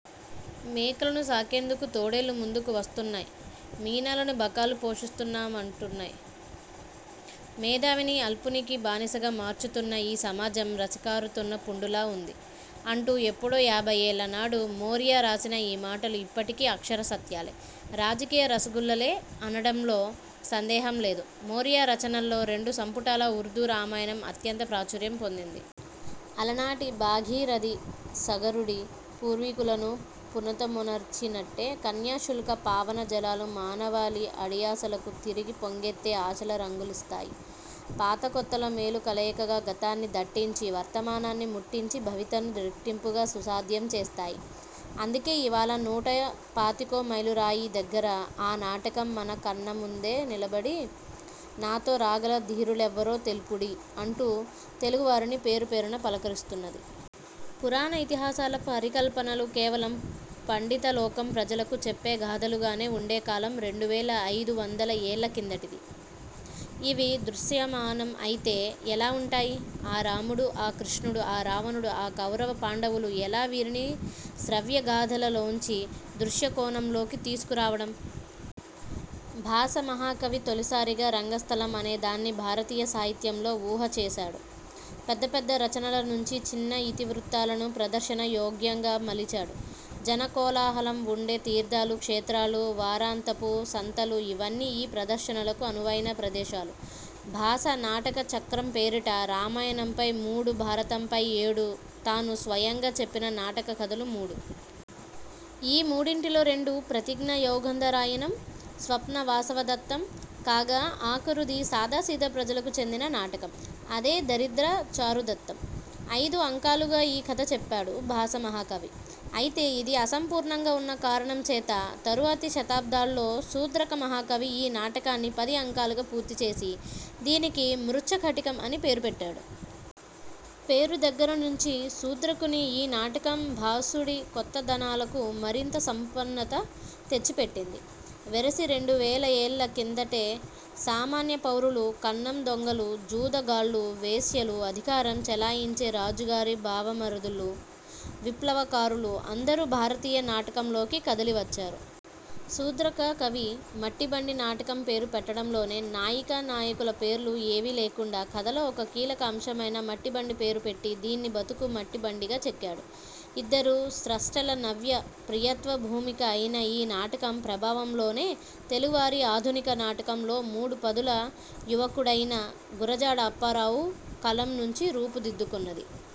''మేకలను సాకేందుకు తోడేళ్ళు ముందుకు వస్తూన్నై! మీనాలను బకాలు పోషిస్తామంటున్నై! మేధావిని అల్పునికి బానిసగా మార్చుతున్న ఈ సమాజం రసికారుతున్న పుండులా ఉంది'' అంటూ ఎప్పుడో యాభైఏళ్ళనాడు మోరియా రాసిన ఈ మాటలు ఇప్పటికీ అక్షర సత్యాలే. రాజకీయ రసగుల్లలే అనడంలో సందేహం లేదు. మోరియా రచనల్లో రెండు సంపుటాల ఉర్దూ రామాయణం అత్యంత ప్రాచుర్యం పొందింది. అలనాటి భాగీరథి సగరుడి పూర్వీకులను పునీతమొనర్చి నట్టే, 'కన్యాశుల్క' పావన జలాలు మానవాళి అడియాసలకు తిరిగి పొంగెత్తే ఆశల రంగులిస్తాయి. పాతకొత్తల మేలు కలయికగా గతాన్ని దట్టించి, వర్తమానాన్ని ముట్టించి, భవితను రెట్టింపుగా సుసాధ్యం చేస్తాయి. అందుకే ఇవాళ నూట పాతికో మైలురాయి దగ్గర ఆ నాటకం, మన కన్నా ముందు నిలబడి, ''నాతో రాగల ధీరులెవ్వరో తెల్పుడీ'' అంటూ తెలుగు వారిని పేరు పేరునా పలకరిస్తున్నది. పురాణ ఇతిహాసాల పరికల్పనలు కేవలం పండిత లోకం ప్రజలకు చెప్పే గాథలుగానే ఉండే కాలం రెండువేల అయిదు వందల ఏళ్ల కిందటిది. ఇవి దృశ్యమానం అయితే ఎలా ఉంటాయి; ఆ రాముడు, ఆ కృష్ణుడు, ఆ రావణుడు, ఆ కౌరవ పాండవులు, ఎలా వీరిని శ్రవ్య గాథల లోంచి దృశ్యకోణంలోకి తీసుకు రావడం? భాస మహాకవి తొలిసారిగా రంగస్థలం అనేదాన్ని భారతీయ సాహిత్యంలో ఊహ చేశాడు. పెద్ద పెద్ద రచనల నుంచి చిన్న ఇతివృత్తాలను ప్రదర్శన యోగ్యంగా మలిచాడు. జన కోలాహలం ఉండే తీర్థాలు, క్షేత్రాలు, వారాంతపు సంతలు, ఇవన్నీ ఈ ప్రదర్శనలకు అనువైన ప్రదేశాలు. భాస నాటక చక్రం పేరిట- రామాయణంపై మూడు, భారతంపై ఏడు, తాను స్వయంగా చెప్పిన నాటక కథలు మూడు. ఈ మూడింటిలో రెండు- 'ప్రతిజ్ఞా యౌగంధరాయణం', 'స్వప్న వాసవదత్తం' కాగా, ఆఖరుది- సాదా సీదా ప్రజలకు చెందిన నాటకం. అదే 'దరిద్ర చారుదత్తం'. అయిదు అంకాలుగా ఈ కథ చెప్పాడు భాస మహాకవి. అయితే ఇది అసంపూర్ణంగా ఉన్న కారణం చేత, తరువాతి శతాబ్దాల్లో శూద్రక మహాకవి ఈ నాటకాన్ని పది అంకాలుగా పూర్తిచేసి, దీనికి 'మృచ్ఛ కటికం' అని పేరుపెట్టాడు. పేరు దగ్గరి నుంచీ శూద్రకుని ఈ నాటకం భాసుడి కొత్తదనాలకు మరింత సంపన్నత తెచ్చి పెట్టింది. వెరసి రెండువేల ఏళ్ల కిందటే, సామాన్య పౌరులు, కన్నం దొంగలు, జూద గాళ్ళు, వేశ్యలు, అధికారం చెలాయించే రాజుగారి బావమరుదులు, విప్లవ కారులు, అందరూ భారతీయ నాటకంలోకి కదిలి వచ్చారు. శూద్రక కవి 'మట్టి బండి' నాటకం పేరు పెట్టడంలోనే, నాయికానాయకుల పేర్లు ఏవీ లేకుండా, కథలో ఒక కీలక అంశమైన 'మట్టి బండి' పేరు పెట్టి దీన్ని బతుకు మట్టి బండిగా చెక్కాడు. ఇద్దరు స్రష్టల నవ్య ప్రియత్వ భూమిక అయిన ఈ నాటకం ప్రభావంలోనే, తెలుగు వారి ఆధునిక నాటకం లో మూడు పదుల యువకుడైన గురజాడ అప్పారావు కలం నుంచి రూపు దిద్దుకున్నది.